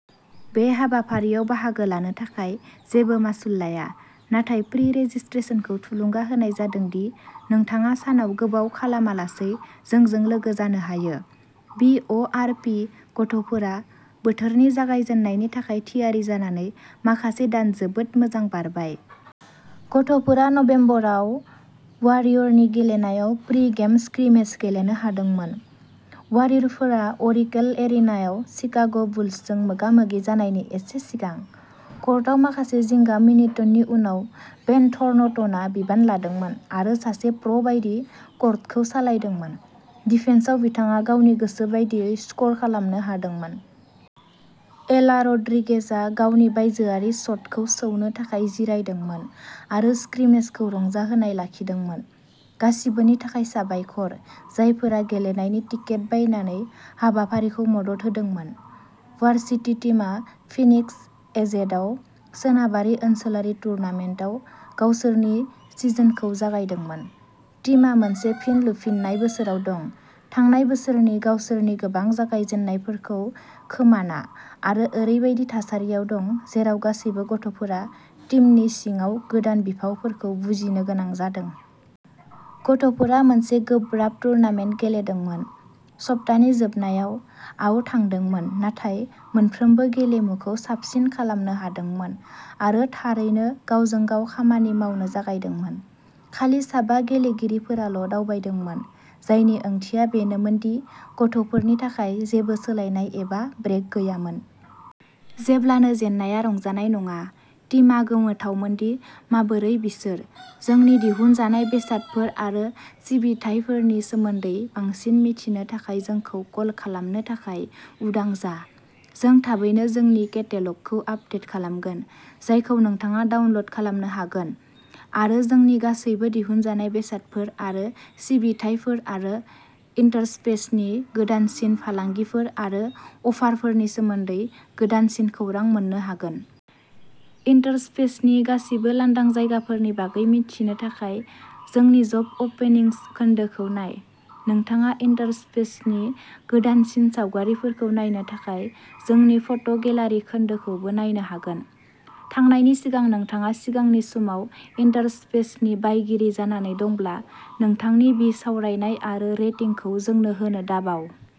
बे हाबाफारियाव बाहागो लानो थाखाय जेबो मासुल लाया नाथाय प्रि-रेजिस्ट्रेशनखौ थुलुंगा होनाय जादों दि नोंथाङा सानाव गोबाव खालामालासै जोंजों लोगो जानो हायो। बि. अ. आर. पि. गथ'फोरा बोथोरनि जागायजेन्नायनि थाखाय थियारि जानानै माखासे दान जोबोद मोजां बारबाय। गथ'फोरा नबेम्बर आव वारियरनि गेलेनायाव प्रि-गेम स्क्रिमेज गेलेनो हादोंमोन, वारियरफोरा अ'रेकल एरिनाआव शिकाग'बुल्सजों मोगा-मोगि जानायनि एसे सिगां। कर्टआव माखासे जिंगा मिनिटननि उनाव, बेन थर्नटनआ बिबान लादोंमोन आरो सासे प्र'बायदि कर्टखौ सालायदोंमोन। डिफेन्सआव बिथाङा गावनि गोसो बादियै स्क'र खालामनो हादोंमोन। एला रड्रिगेजआ गावनि बायजोआरि शटखौ सौनो थाखाय जिरायदोंमोन आरो स्क्रिमेजखौ रंजाहोनाय लाखिदोंमोन। गासिबोनि थाखाय साबायखर, जायफोरा गेलेनायनि टिकेट बायनानै हाबाफारिखौ मदद होदोंमोन। वार्सिटी टीमा फिनिक्स, एजेडआव सोनाबारि ओनसोलारि टुर्नामेन्टआव गावसोरनि सिजनखौ जागायदोंमोन। टीमा मोनसे फिन लुफिननाय बोसोराव दं, थांनाय बोसोरनि गावसोरनि गोबां जागायजेन्नायफोरखौ खोमाना, आरो ओरैबायदि थासारियाव दं जेराव गासैबो गथ'फोरा टीमनि सिङाव गोदान बिफावफोरखौ बुजिनो गोनां जादों। गथ'फोरा मोनसे गोब्राब टुर्नामेन्ट गेलेदोंमोन, सप्तानि जोबनायाव आव थांदोंमोन, नाथाय मोनफ्रोमबो गेलेमुखौ साबसिन खालामनो हादोंमोन आरो थारैनो गावजों-गाव खामानि मावनो जागायदोंमोन। खालि साबा गेलेगिरिफोराल'दावबायदोंमोन, जायनि ओंथिया बेनोमोन दि गथ'फोरनि थाखाय जेबो सोलायनाय एबा ब्रेक गैयामोन। जेब्लानो जेननाया रंजानाय नङा, टीमा गोमोथावमोन दि माबोरै बिसोर। जोंनि दिहुनजानाय बेसादफोर आरो सिबिथाइफोरनि सोमोन्दै बांसिन मिथिनो थाखाय जोंखौ कल खालामनो थाखाय उदां जा। जों थाबैनो जोंनि केटेल'गखौ आपदेट खालामगोन, जायखौ नोंथाङा डाउनल'ड खालामनो हागोन आरो जोंनि गासैबो दिहुनजानाय बेसादफोर आरो सिबिथायफोर आरो इन्टारस्पेसनि गोदानसिन फालांगिफोर आरो अफारफोरनि सोमोन्दै गोदानसिन खौरां मोन्नो हागोन। इन्टारस्पेसनि गासिबो लांदां जायगाफोरनि बागै मिथिनो थाखाय जोंनि जब ओपनिंस खोन्दोखौ नाय। नोंथाङा इन्टारस्पेसनि गोदानसिन सावगारिफोरखौ नायनो थाखाय जोंनि फट'गेलारि खोन्दोखौबो नायनो हागोन। थांनायनि सिगां, नोंथाङा सिगांनि समाव इन्टारस्पेसनि बायगिरि जानानै दंब्ला नोंथांनि बिसावरायनाय आरो रेटिंखौ जोंनो होनो दाबाव।